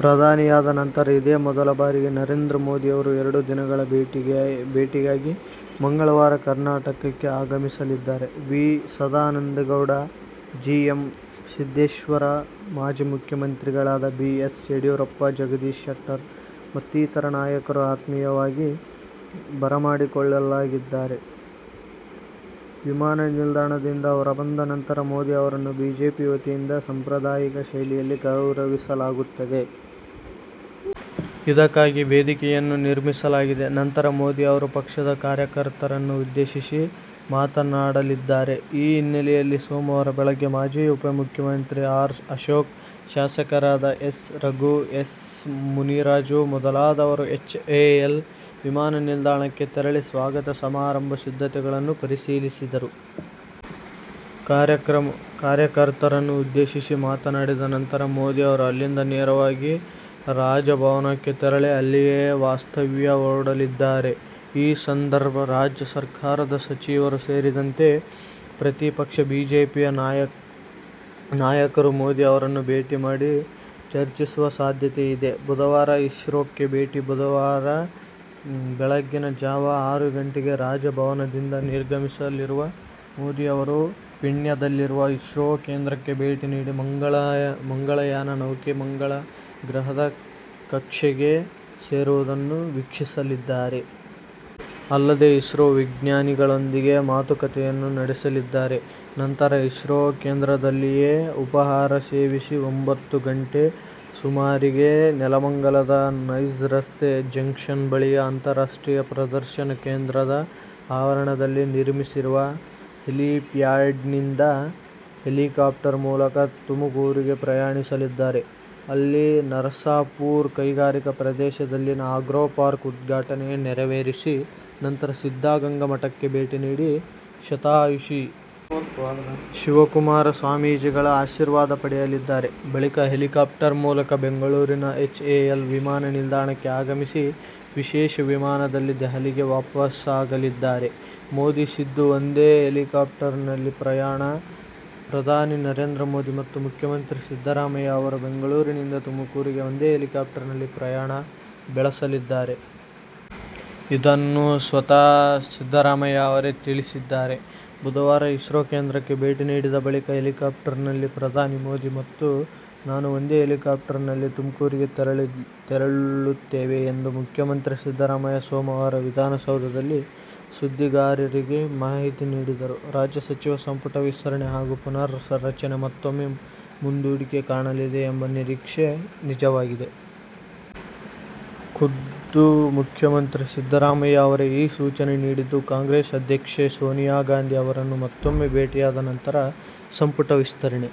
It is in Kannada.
ಪ್ರಧಾನಿಯಾದ ನಂತರ ಇದೇ ಮೊದಲ ಬಾರಿಗೆ ನರೇಂದ್ರ ಮೋದಿ ಅವರು ಎರಡು ದಿನಗಳ ಭೇಟಿಗಾಗಿ ಮಂಗಳವಾರ ಕರ್ನಾಟಕಕ್ಕೆ ಆಗಮಿಸಲಿದ್ದಾರೆ. V. Sadananda Gowda, G. M. Siddeshwar, ಮಾಜಿ ಮುಖ್ಯಮಂತ್ರಿಗಳಾದ ಬಿ. ಎಸ್. ಯಡಿಯೂರಪ್ಪ, ಜಗದೀಶ್ ಶೆಟ್ಟರ್ ಮತ್ತಿತರ ನಾಯಕರು ಆತ್ಮೀಯವಾಗಿ ಬರಮಾಡಿಕೊಳ್ಳಲಿದ್ದಾರೆ. ವಿಮಾನ ನಿಲ್ದಾಣದಿಂದ ಹೊರಬಂದ ನಂತರ ಮೋದಿ ಅವರನ್ನು ಬಿಜೆಪಿ ವತಿಯಿಂದ ಸಾಂಪ್ರದಾಯಿಕ ಶೈಲಿಯಲ್ಲಿ ಗೌರವಿಸಲಾಗುತ್ತದೆ. ಇದಕ್ಕಾಗಿ ವೇದಿಕೆಯನ್ನೂ ನಿರ್ಮಿಸಲಾಗಿದೆ. ನಂತರ ಮೋದಿ ಅವರು ಪಕ್ಷದ ಕಾರ್ಯಕರ್ತರನ್ನು ಉದ್ದೇಶಿಸಿ ಮಾತನಾಡಲಿದ್ದಾರೆ. ಈ ಹಿನ್ನೆಲೆಯಲ್ಲಿ ಸೋಮವಾರ ಬೆಳಗ್ಗೆ ಮಾಜಿ ಉಪಮುಖ್ಯಮಂತ್ರಿ ಆರ್. ಅಶೋಕ್, ಶಾಸಕರಾದ ಎಸ್. ರಘು, ಎಸ್. ಮುನಿರಾಜು ಮೊದಲಾದವರು ಎಚ್ ಎ ಎಲ್ ವಿಮಾನ ನಿಲ್ದಾಣಕ್ಕೆ ತೆರಳಿ ಸ್ವಾಗತ ಸಮಾರಂಭದ ಸಿದ್ಧತೆಗಳನ್ನು ಪರಿಶೀಲಿಸಿದರು. ಕಾರ್ಯಕರ್ತರನ್ನು ಉದ್ದೇಶಿಸಿ ಮಾತನಾಡಿದ ನಂತರ ಮೋದಿ ಅವರು ಅಲ್ಲಿಂದ ನೇರವಾಗಿ ರಾಜಭವನಕ್ಕೆ ತೆರಳಿ ಅಲ್ಲಿಯೇ ವಾಸ್ತವ್ಯ ಹೂಡಲಿದ್ದಾರೆ. ಈ ಸಂದರ್ಭ ರಾಜ್ಯ ಸರ್ಕಾರದ ಸಚಿವರೂ ಸೇರಿದಂತೆ ಪ್ರತಿಪಕ್ಷ ಬಿಜೆಪಿಯ ನಾಯಕರು ಮೋದಿ ಅವರನ್ನು ಭೇಟಿ ಮಾಡಿ ಚರ್ಚಿಸುವ ಸಾಧ್ಯತೆಯಿದೆ. ಬುಧವಾರ ಇಸ್ರೋಕ್ಕೆ ಭೇಟಿ ಬುಧವಾರ ಬೆಳಗಿನ ಜಾವ ಆರು ಗಂಟೆಗೆ ರಾಜಭವನದಿಂದ ನಿರ್ಗಮಿಸಲಿರುವ ಮೋದಿ ಅವರು ಪೀಣ್ಯದಲ್ಲಿರುವ ಇಸ್ರೋ ಕೇಂದ್ರಕ್ಕೆ ಭೇಟಿ ನೀಡಿ ಮಂಗಳಯಾನ ನೌಕೆ ಮಂಗಳ ಗ್ರಹದ ಕಕ್ಷೆಗೆ ಸೇರುವುದನ್ನು ವೀಕ್ಷಿಸಲಿದ್ದಾರೆ. ಅಲ್ಲದೆ ಇಸ್ರೋ ವಿಜ್ಞಾನಿಗಳೊಂದಿಗೆ ಮಾತುಕತೆಯನ್ನೂ ನಡೆಸಲಿದ್ದಾರೆ. ನಂತರ ಇಸ್ರೋ ಕೇಂದ್ರದಲ್ಲಿಯೇ ಉಪಹಾರ ಸೇವಿಸಿ ಒಂಭತ್ತು ಗಂಟೆ ಸುಮಾರಿಗೆ ನೆಲಮಂಗಲದ ನೈಸ್ ರಸ್ತೆ ಜಂಕ್ಷನ್ ಬಳಿಯ ಅಂತಾರಾಷ್ಟ್ರೀಯ ಪ್ರದರ್ಶನ ಕೇಂದ್ರದ ಆವರಣದಲ್ಲಿ ನಿರ್ಮಿಸಿರುವ ಹೆಲಿಪ್ಯಾಡ್ನಿಂದ ಹೆಲಿಕಾಪ್ಟರ್ ಮೂಲಕ ತುಮಕೂರಿಗೆ ಪ್ರಯಾಣಿಸಲಿದ್ದಾರೆ. ಅಲ್ಲಿ ನರಸಾಪುರ ಕೈಗಾರಿಕಾ ಪ್ರದೇಶದಲ್ಲಿನ ಆಗ್ರೋಪಾರ್ಕ್ ಉದ್ಘಾಟನೆ ನೆರವೇರಿಸಿ ನಂತರ ಸಿದ್ದಗಂಗಾ ಮಠಕ್ಕೆ ಭೇಟಿ ನೀಡಿ ಶತಾಯುಷಿ ಡಾ. ಶಿವಕುಮಾರ ಸ್ವಾಮೀಜಿಗಳ ಆಶೀರ್ವಾದ ಪಡೆಯಲಿದ್ದಾರೆ. ಬಳಿಕ ಹೆಲಿಕಾಪ್ಟರ್ ಮೂಲಕ ಬೆಂಗಳೂರಿನ ಎಚ್ ಎ ಎಲ್ ವಿಮಾನ ನಿಲ್ದಾಣಕ್ಕೆ ಆಗಮಿಸಿ ವಿಶೇಷ ವಿಮಾನದಲ್ಲಿ ದೆಹಲಿಗೆ ವಾಪಸಾಗಲಿದ್ದಾರೆ. ಮೋದಿ-ಸಿದ್ದು ಒಂದೇ ಹೆಲಿಕಾಪ್ಟರ್ನಲ್ಲಿ ಪ್ರಯಾಣ. ಪ್ರಧಾನಿ ನರೇಂದ್ರ ಮೋದಿ ಮತ್ತು ಮುಖ್ಯಮಂತ್ರಿ ಸಿದ್ದರಾಮಯ್ಯ ಅವರು ಬೆಂಗಳೂರಿನಿಂದ ತುಮಕೂರಿಗೆ ಒಂದೇ ಹೆಲಿಕಾಪ್ಟರ್ನಲ್ಲಿ ಪ್ರಯಾಣ ಬೆಳಸಲಿದ್ದಾರೆ. ಇದನ್ನು ಸ್ವತಃ ಸಿದ್ದರಾಮಯ್ಯ ಅವರೇ ತಿಳಿಸಿದ್ದಾರೆ. ಬುಧವಾರ ಇಸ್ರೋ ಕೇಂದ್ರಕ್ಕೆ ಭೇಟಿ ನೀಡಿದ ಬಳಿಕ ಹೆಲಿಕಾಪ್ಟರ್ನಲ್ಲಿ ಪ್ರಧಾನಿ ಮೋದಿ ಮತ್ತು ನಾನು ಒಂದೇ ಹೆಲಿಕಾಪ್ಟರ್ನಲ್ಲಿ ತುಮಕೂರಿಗೆ ತೆರಳುತ್ತೇವೆ ಎಂದು ಮುಖ್ಯಮಂತ್ರಿ ಸಿದ್ದರಾಮಯ್ಯ ಸೋಮವಾರ ವಿಧಾನಸೌಧದಲ್ಲಿ ಸುದ್ದಿಗಾರರಿಗೆ ಮಾಹಿತಿ ನೀಡಿದರು. ರಾಜ್ಯ ಸಚಿವ ಸಂಪುಟ ವಿಸ್ತರಣೆ ಹಾಗೂ ಪುನರ್ ರಚನೆ ಮತ್ತೂಮ್ಮೆ ಮುಂದೂಡಿಕೆ ಕಾಣಲಿದೆ ಎಂಬ ನಿರೀಕ್ಷೆ ನಿಜವಾಗಿದೆ. ಖುದ್ದು ಮುಖ್ಯಮಂತ್ರಿ ಸಿದ್ದರಾಮಯ್ಯ ಅವರೇ ಈ ಸೂಚನೆ ನೀಡಿದ್ದು, ಕಾಂಗ್ರೆಸ್ ಅಧ್ಯಕ್ಷೆ ಸೋನಿಯಾ ಗಾಂಧಿ ಅವರನ್ನು ಮತ್ತೂಮ್ಮೆ ಭೇಟಿಯಾದ ನಂತರ ಸಂಪುಟ ವಿಸ್ತರಣೆ